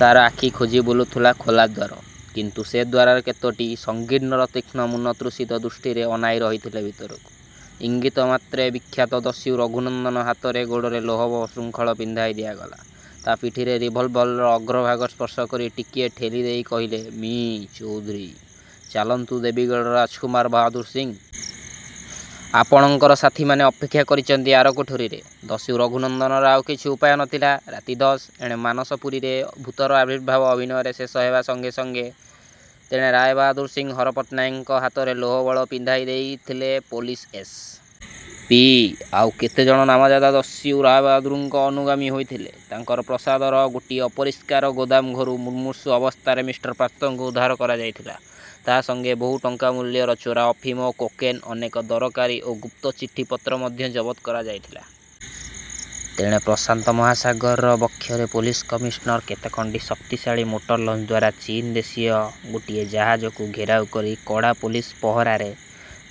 ତା'ର ଆଖି ଖୋଜି ବୁଲୁଥିଲା ଖୋଲା ଦ୍ୱାର। କିନ୍ତୁ ସେ ଦ୍ୱାରରେ କେତୋଟି ସଙ୍ଗୀନର ତୀକ୍ଷ୍ଣ ମୁନ ତୃଷିତ ଦୃଷ୍ଟିରେ ଅନାଇ ରହିଥିଲେ ଭିତରକୁ। ଇଙ୍ଗିତ ମାତ୍ରେ ବିଖ୍ୟାତ ଦସ୍ୟୁ ରଘୁନନ୍ଦନ ହାତରେ, ଗୋଡ଼ରେ ଲୌହ ଶୃଙ୍ଖଳ ପିନ୍ଧାଇ ଦିଆଗଲା। ତା' ପିଠିରେ ରିଭଲଭର୍ର ଅଗ୍ରଭାଗ ସ୍ପର୍ଶ କରି ଟିକିଏ ଠେଲି ଦେଇ କହିଲେ ମି: ଚୌଧୁରୀ-''ଚାଲନ୍ତୁ ଦେବୀଗଡ଼ର ରାଜକୁମାର ବାହାଦୂର ସିଂ! ଆପଣଙ୍କର ସାଥିମାନେ ଅପେକ୍ଷା କରିଛନ୍ତି ଆର କୋଠରୀରେ। '' ଦସ୍ୟୁ ରଘୁନନ୍ଦନର ଆଉ କିଛି ଉପାୟ ନଥିଲା। ରାତି ଦଶ- ଏଣେ ମାନସପୁରୀରେ ଭୂତର ଆବିର୍ଭାବ ଅଭିନୟରେ ଶେଷ ହେବା ସଙ୍ଗେ ସଙ୍ଗେ ତେଣେ ରାୟବାହାଦୂର ହରନାଥ ପଟ୍ଟନାୟକଙ୍କ ହାତରେ ଲୌହ ବଳୟ ପିନ୍ଧାଇଦେଇଥିଲେ ପୋଲିସ ଏସ୍. ପି। ଆଉ କେତେଜଣ ନାମଜାଦା ଦସ୍ୟୁ ରାୟବାହାଦୂରଙ୍କ ଅନୁଗାମୀ ହୋଇଥିଲେ-। ତାଙ୍କର ପ୍ରାସାଦର ଗୋଟାଏ ଅପରିଷ୍କାର ଗୋଦାମ ଘରୁ ମୁମୁର୍ଷୁ ଅବସ୍ଥାରେ ମିଷ୍ଟର ପାତ୍ରଙ୍କୁ ଉଦ୍ଧାର କରାଯାଇଥିଲା। ତା' ସଙ୍ଗେ ବହୁ ଟଙ୍କା ମୂଲ୍ୟର ଚୋରା ଅଫିମ, କୋକେନ୍, ଅନେକ ଦରକାରୀ ଓ ଗୁପ୍ତ ଚିଠି ପତ୍ର ମଧ୍ୟ ଜବଦ୍ କରାଯାଇଥିଲା। ତେଣେ ପ୍ରଶାନ୍ତ ମହାସାଗର ବକ୍ଷରେ ପୋଲିସ କମିଶନର କେତେଖଣ୍ଡି ଶକ୍ତିଶାଳୀ ମୋଟର ଲଞ୍ଚ ଦ୍ୱାରା ଚୀନ୍ ଦେଶୀୟ ଗୋଟାଏ ଜାହାଜକୁ ଘେରାଉ କରି କଡ଼ା ପୋଲିସ ପହରାରେ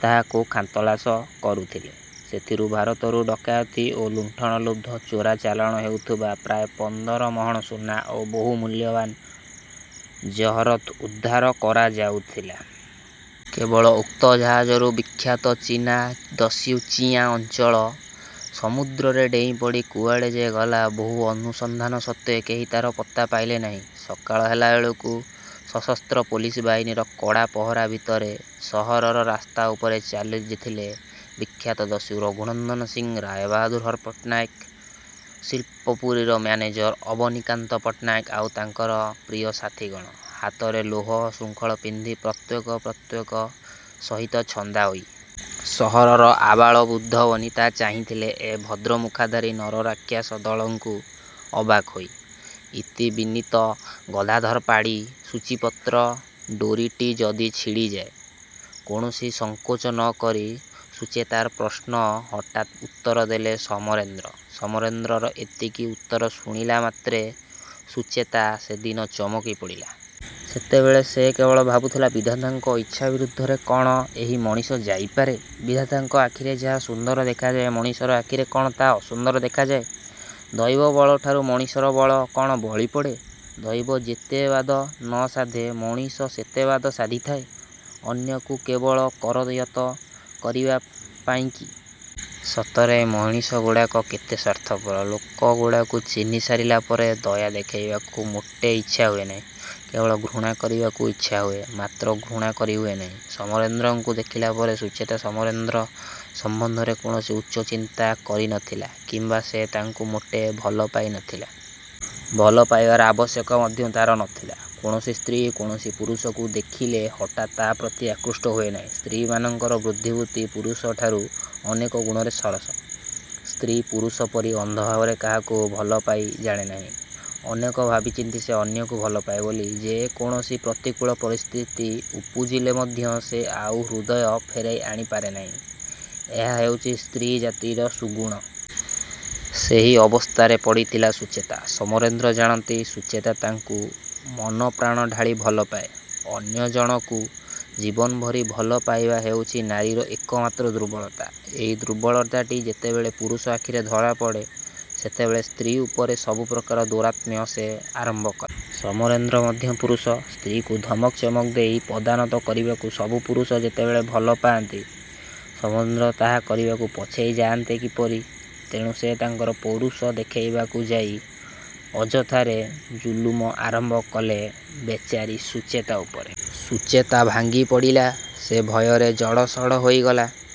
ତାହାକୁ ଖାନ୍ତଲାସ କରୁଥିଲେ। ସେଥିରୁ ଭାରତରୁ ଡକାୟତୀ ଓ ଲୁଣ୍ଠନ-ଲୁବ୍ଧ ଚୋରା ଚାଲାଣ ହେଉଥିବା ପ୍ରାୟ ପନ୍ଦର ମହଣ ସୁନା ଓ ବହୁ ମୂଲ୍ୟବାନ ଜହରତ୍ ଉଦ୍ଧାର କରାଯାଉଥିଲା। କେବଳ ଉକ୍ତ ଜାହାଜରୁ ବିଖ୍ୟାତ ଚୀନା ଦସ୍ୟୁ ଚିୟାଂ ଅତଳ ସମୁଦ୍ରରେ ଡେଇଁପଡ଼ି କୁଆଡ଼େ ଯେ ଗଲା, ବହୁ ଅନୁସନ୍ଧାନ ସତ୍ୱେ କେହି ତା'ର ପତ୍ତା ପାଇଲେ ନାହିଁ। ସକାଳ ହେଲାବେଳକୁ ସଶସ୍ତ୍ର ପୋଲିସ ବାହିନୀର କଡ଼ା ପହରା ଭିତରେ ସହରର ରାସ୍ତା ଉପରେ ଚାଲିଥିଲେ ବିଖ୍ୟାତ ଦସ୍ୟୁ ରଘୁନନ୍ଦନ ସିଂ, ରାୟବାହାଦୂର ହରନାଥ ପଟ୍ଟନାୟକ, ଶିଳ୍ପପୁରୀର ମ୍ୟାନେଜର ଅବନୀକାନ୍ତ ପଟ୍ଟନାୟକ, ଆଉ ତାଙ୍କର ପ୍ରିୟ ସାଥିଗଣ, ହାତରେ ଲୌହ ଶୃଙ୍ଖଳ ପିନ୍ଧି, ପ୍ରତ୍ୟେକ ପ୍ରତ୍ୟେକ ସହିତ ଛନ୍ଦା ହୋଇ। ସହରର ଆବାଳବୃଦ୍ଧବନିତା ଚାହିଁଥିଲେ ଏ ଭଦ୍ରମୁଖାଧାରୀ ନରରାକ୍ଷସ ଦଳଙ୍କୁ, ଅବାକ୍ ହୋଇ। ଇତି ବିନୀତ ଗଦାଧର ପାଢ଼ୀ ସୂଚୀପତ୍ର '' ''ଡୋରିଟି ଯଦି ଛିଡ଼ିଯାଏ! '' କୌଣସି ସଂକୋଚ ନ କରି ସୁଚେତାର ପ୍ରଶ୍ନର ହଠାତ୍ ଉତ୍ତରଦେଲେ ସମରେନ୍ଦ୍ର। ସମରେନ୍ଦ୍ରର ଏତିକି ଉତ୍ତର ଶୁଣିଲା ମାତ୍ରେ ସୁଚେତା ସେଦିନ ଚମକି ପଡ଼ିଲା। ସେତେବେଳେ ସେ କେବଳ ଭାବୁଥିଲା ବିଧାତାଙ୍କର ଇଚ୍ଛା ବିରୁଦ୍ଧରେ କ'ଣ ଏହି ମଣିଷ ଯାଇପାରେ? ବିଧାତାଙ୍କ ଆଖିରେ ଯାହା ସୁନ୍ଦର ଦେଖାଯାଏ ମଣିଷର ଆଖିରେ କ'ଣ ତାହା ଅସୁନ୍ଦର ଦେଖାଯାଏ? ଦୈବବଳଠାରୁ ମଣିଷର ବଳ କ'ଣ ବଳିପଡ଼େ? ଦୈବ ଯେତେ ବାଦ ନ ସାଧେ ମଣିଷ ସେତେ ବାଦ ସାଧିଥାଏ ଅନ୍ୟକୁ କେବଳ କରାୟତ୍ତ କରିବା ପାଇଁକି? ସତରେ ଏହି ମଣିଷଗୁଡ଼ାକ କେତେ ସ୍ୱାର୍ଥପର। ଲୋକଗୁଡ଼ାକୁ ଚିହ୍ନିସାରିଲା ପରେ ଦୟା ଦେଖେଇବାକୁ ମୋଟେ ଇଚ୍ଛା ହୁଏ ନାହିଁ। କେବଳ ଘୃଣା କରିବାକୁ ଇଚ୍ଛା ହୁଏ ମାତ୍ର ଘୃଣା କରିହୁଏ ନାହିଁ। ସମରେନ୍ଦ୍ରଙ୍କୁ ଦେଖିଲା ପରେ ସୁଚେତା ସମରେନ୍ଦ୍ର ସମ୍ୱନ୍ଧରେ କୌଣସି ଉଚ୍ଚ ଚିନ୍ତା କରି ନ ଥିଲା କିମ୍ୱା ସେ ତାଙ୍କୁ ମୋଟେ ଭଲପାଇ ନ ଥିଲା। ଭଲ ପାଇବାର ଆବଶ୍ୟକ ମଧ୍ୟ ତା'ର ନ ଥିଲା। କୌଣସି ସ୍ତ୍ରୀ କୌଣସି ପୁରୁଷକୁ ଦେଖିଲେ ହଠାତ୍ ତାହା ପ୍ରତି ଆକୃଷ୍ଟ ହୁଏ ନାହିଁ। ସ୍ତ୍ରୀମାନଙ୍କର ବୁଦ୍ଧିବୃତ୍ତି ପୁରୁଷଠାରୁ ଅନେକ ଗୁଣରେ ସରସ। ସ୍ତ୍ରୀ ପୁରୁଷ ପରି ଅନ୍ଧ ଭାବରେ କାହାକୁ ଭଲପାଇ ଜାଣେନାହିଁ। ଅନେକ ଭାବିଚିନ୍ତି ସେ ଅନ୍ୟକୁ ଭଲପାଏ ବୋଲି ଯେ କୌଣସି ପ୍ରତିକୂଳ ପରିସ୍ଥିତି ଉପୁଜିଲେ ମଧ୍ୟ ସେ ଆଉ ହୃଦୟ ଫେରାଇ ଆଣି ପାରେନାହିଁ ଏହା ହେଉଛି ସ୍ତ୍ରୀ ଜାତିର ସୁଗୁଣ। ସେହି ଅବସ୍ଥାରେ ପଡ଼ିଥିଲା ସୁଚେତା। ସମରେନ୍ଦ୍ର ଜାଣନ୍ତି ସୁଚେତା ତାଙ୍କୁ ମନପ୍ରାଣ ଢାଳି ଭଲପାଏ। ଅନ୍ୟ ଜଣକୁ ଜୀବନ ଭରି ଭଲ ପାଇବା ହେଉଛି ନାରୀର ଏକମାତ୍ର ଦୁର୍ବଳତା। ଏହି ଦୁର୍ବଳତାଟି ଯେତେବେଳେ ପୁରୁଷ ଆଖିରେ ଧରାପଡ଼େ, ସେତେବେଳେ ସ୍ତ୍ରୀ ଉପରେ ସବୁପ୍ରକାର ଦୌରାତ୍ମ୍ୟ ସେ ଆରମ୍ଭ କରେ। ସମରେନ୍ଦ୍ର ମଧ୍ୟ ପୁରୁଷ। ସ୍ତ୍ରୀକୁ ଧମକ ଚମକ ଦେଇ ପଦାନତ କରିବାକୁ ସବୁ ପୁରୁଷ ଯେତେବେଳେ ଭଲ ପାଆନ୍ତି ସମରେନ୍ଦ୍ର ତାହା କରିବାକୁ ପଛେଇ ଯାଆନ୍ତେ କିପରି? ତେଣୁ ସେ ତାଙ୍କର ପୌରୁଷ ଦେଖାଇବାକୁ ଯାଇ ଅଯଥାରେ ଜୁଲୁମ ଆରମ୍ଭ କଲେ ବେଚାରୀ ସୁଚେତା ଉପରେ। ସୁଚେତା ଭାଙ୍ଗିପଡ଼ିଲା। ସେ ଭୟରେ ଜଡ଼ସଡ଼ ହୋଇଗଲା।